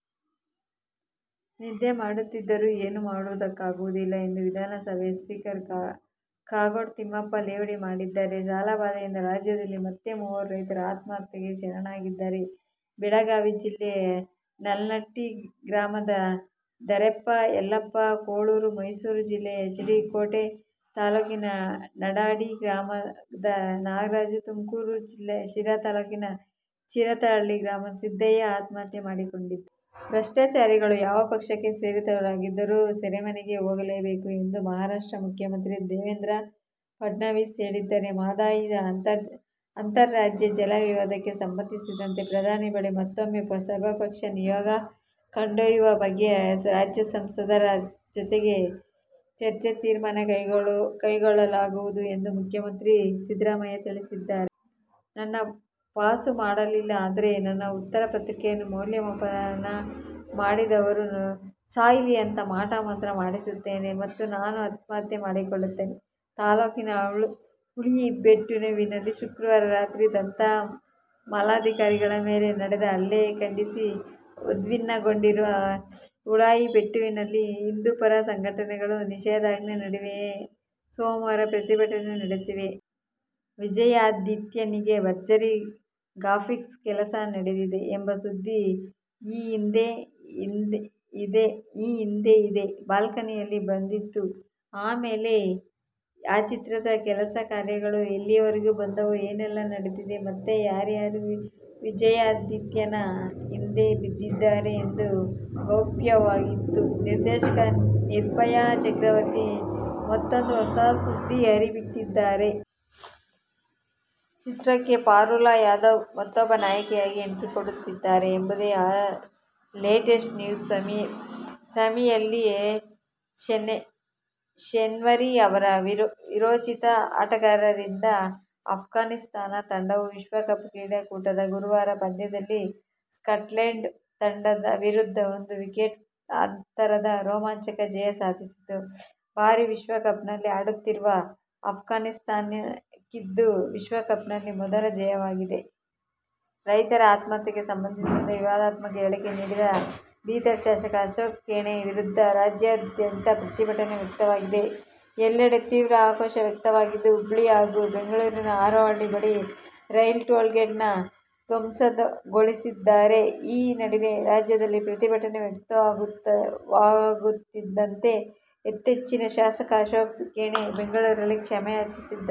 ನಿದ್ದೆ ಮಾಡುತ್ತಿದ್ದರೆ ಏನೂ ಮಾಡುವುದಕ್ಕಾಗುವುದಿಲ್ಲ ಎಂದು ವಿಧಾನಸಭೆಯ ಸ್ಪೀಕರ್ ಕಾಗೋಡು ತಿಮ್ಮಪ್ಪ ಲೇವಡಿ ಮಾಡಿದ್ದಾರೆ. ಸಾಲಬಾಧೆಯಿಂದ ರಾಜ್ಯದಲ್ಲಿ ಮತ್ತೆ ಮೂವರು ರೈತರು ಆತ್ಮಹತ್ಯೆಗೆ ಶರಣಾಗಿದ್ದಾರೆ. ಬೆಳಗಾವಿ ಜಿಲ್ಲೆ ನಲ್ಲಾನಟ್ಟಿ ಗ್ರಾಮದ ಧರೆಪ್ಪ ಯಲ್ಲಪ್ಪ ಕುಳ್ಳೂರು, ಮೈಸೂರು ಜಿಲ್ಲೆಯ ಎಚ್. ಡಿ. ಕೋಟೆ ತಾಲೂಕಿನ ನಡಾಡಿ ಗ್ರಾಮದ ನಾಗರಾಜು, ತುಮಕೂರು ಜಿಲ್ಲೆ ಶಿರಾ ತಾಲೂಕಿನ ಚಿರತಹಳ್ಳಿ ಗ್ರಾಮದ ಸಿದ್ದಯ್ಯ ಆತ್ಮಹತ್ಯೆ ಮಾಡಿಕೊಂಡಿದ್ದಾರೆ. ಭ್ರಷ್ಟಾಚಾರಿಗಳು ಯಾವ ಪಕ್ಷಕ್ಕೆ ಸೇರಿದವರಾಗಿದ್ದರೂ ಸೆರೆಮನೆಗೆ ಹೋಗಲೇಬೇಕು ಎಂದು ಮಹಾರಾಷ್ಟ್ರ ಮುಖ್ಯಮಂತ್ರಿ ದೇವೇಂದ್ರ ಫಡ್ನವೀಸ್ ಹೇಳಿದ್ದಾರೆ. ಮಹದಾಯಿ ಅಂತಾರಾಜ್ಯ ಜಲ ವಿವಾದಕ್ಕೆ ಸಂಬಂಧಿಸಿದಂತೆ ಪ್ರಧಾನಿ ಬಳಿ ಮತ್ತೂಮ್ಮೆ ಸರ್ವಪಕ್ಷ ನಿಯೋಗ ಕೊಂಡೊಯ್ಯುವ ಬಗ್ಗೆ ರಾಜ್ಯದ ಸಂಸದರ ಜತೆಗೆ ಚರ್ಚಿಸಿ, ತೀರ್ಮಾನ ಕೈಗೊಳ್ಳಲಾಗುವುದು ಎಂದು ಮುಖ್ಯಮಂತ್ರಿ ಸಿದ್ದರಾಮಯ್ಯತಿಳಿಸಿದ್ದಾರೆ. "ನನ್ನ ಪಾಸು ಮಾಡಲಿಲ್ಲ ಅಂದ್ರೆ, ನನ್ನ ಉತ್ತರ ಪತ್ರಿಕೆಯನ್ನು ಮೌಲ್ಯಮಾಪನ ಮಾಡಿದವರು ಸಾಯಲಿ ಅಂತ ಮಾಟ ಮಂತ್ರ ಮಾಡಿಸುತ್ತೇನೆ ಮತ್ತು ನಾನೂ ಆತ್ಮಹತ್ಯೆ ಮಾಡಿಕೊಳ್ಳುತ್ತೇನೆ'। ತಾಲೂಕಿನ ಉಳಾಯಿಬೆಟ್ಟುವಿನಲ್ಲಿ ಶುಕ್ರವಾರ ರಾತ್ರಿ ದತ್ತ ಮಾಲಾಧಾರಿಗಳ ಮೇಲೆ ನಡೆದ ಹಲ್ಲೆ ಖಂಡಿಸಿ ಉದ್ವಿಗ್ನಗೊಂಡಿರುವ ಉಳಾಯಿಬೆಟ್ಟುವಿನಲ್ಲಿ ಹಿಂದುಪರ ಸಂಘಟನೆಗಳು ನಿಷೇಧಾಜ್ಞೆ ನಡುವೆಯೇ ಸೋಮವಾರ ಪ್ರತಿಭಟನೆ ನಡೆಸಿವೆ. "ವಿಜಯಾಧಿತ್ಯ' ನಿಗೆ ಭರ್ಜರಿ ಗ್ರಾಫಿಕ್ಸ್ ಕೆಲಸ ನಡೆದಿದೆ ಎಂಬ ಸುದ್ದಿ ಈ ಹಿಂದೆ ಇದೇ ಬಾಲ್ಕನಿಯಲ್ಲಿ ಬಂದಿತ್ತು. ಆಮೇಲೆ ಆ ಚಿತ್ರದ ಕೆಲಸ ಕಾರ್ಯಗಳು ಎಲ್ಲಿವರೆಗೆ ಬಂದವು, ಏನೆಲ್ಲಾ ನಡೆದಿದೆ ಮತ್ತೆ ಯಾರ್ಯಾರು "ವಿಜಯಾಧಿತ್ಯ'ನ ಹಿಂದೆ ಬಿದ್ದಿದ್ದಾರೆ ಎಂಬುದು ಗೌಪ್ಯವಾಗಿತ್ತು. ನಿರ್ದೇಶಕ ನಿರ್ಭಯ್ ಚಕ್ರವರ್ತಿ ಮತ್ತೂಂದು ಹೊಸ ಸುದ್ದಿ ಹರಿಬಿಟ್ಟಿದ್ದಾರೆ. ಚಿತ್ರಕ್ಕೆ ಪಾರುಲ್ ಯಾದವ್ ಮತ್ತೂಬ್ಬ ನಾಯಕಿಯಾಗಿ ಎಂಟ್ರಿಕೊಡುತ್ತಿದ್ದಾರೆ ಎಂಬುದೇ ಆ ಲೇಟೆಸ್ಟ್ ನ್ಯೂಸು. ಸಮಿಯುಲ್ಲ ಶೆನ್ವರಿ ಅವರ ವೀರೋಚಿತ ಆಟದಿಂದಾಗಿ ಅಫ್ಘಾನಿಸ್ಥಾನ ತಂಡವು ವಿಶ್ವ ಕಪ್ ಕ್ರಿಕೆಟ್ ಕೂಟದ ಗುರುವಾರದ ಪಂದ್ಯದಲ್ಲಿ ಸ್ಕಾಟ್ಲೆಂಡ್ ತಂಡದ ವಿರುದ್ಧ ಒಂದು ವಿಕೆಟ್ ಅಂತರದ ರೋಮಾಂಚಕ ಜಯ ಸಾಧಿಸಿತು. ಬಾರಿ ವಿಶ್ವ ಕಪ್ನಲ್ಲಿ ಆಡುತ್ತಿರುವ ಅಫ್ಘಾನಿಸ್ಥಾನಕ್ಕಿದು ವಿಶ್ವ ಕಪ್ನಲ್ಲಿ ಮೊದಲ ಜಯವಾಗಿದೆ. ರೈತರ ಆತ್ಮಹತ್ಯೆಗೆ ಸಂಬಂಧಿಸಿದಂತೆ ವಿವಾದಾತ್ಮಕ ಹೇಳಿಕೆ ನೀಡಿದ ಬೀದರ ಶಾಸಕ ಅಶೋಕ ಖೇಣಿ ವಿರುದ್ಧ ರಾಜ್ಯಾದ್ಯಂತ ಪ್ರತಿಭಟನೆ ವ್ಯಕ್ತವಾಗಿದೆ. ಎಲ್ಲೆಡೆ ತೀವ್ರ ಆಕ್ರೋಶ ವ್ಯಕ್ತವಾಗಿದ್ದು, ಹುಬ್ಬಳ್ಳಿ ಹಾಗೂ ಬೆಂಗಳೂರಿನ ಹಾರೋಹಳ್ಳಿ ಬಳಿ ರೈತರು ಟೋಲ್ಗೇಟ್ನ್ನು ಧ್ವಂಸಗೊಳಿಸಿದ್ದಾರೆ. ಈ ನಡುವೆ ರಾಜ್ಯಾದ್ಯಂತ ಪ್ರತಿಭಟನೆ ವ್ಯಕ್ತವಾಗುತ್ತಿದ್ದಂತೆ ಎಚ್ಚೆತ್ತ ಶಾಸಕ ಅಶೋಕ ಖೇಣಿ ಬೆಂಗಳೂರಲ್ಲಿ ಕ್ಷಮೆಯಾಚಿಸಿದ್ದಾರೆ.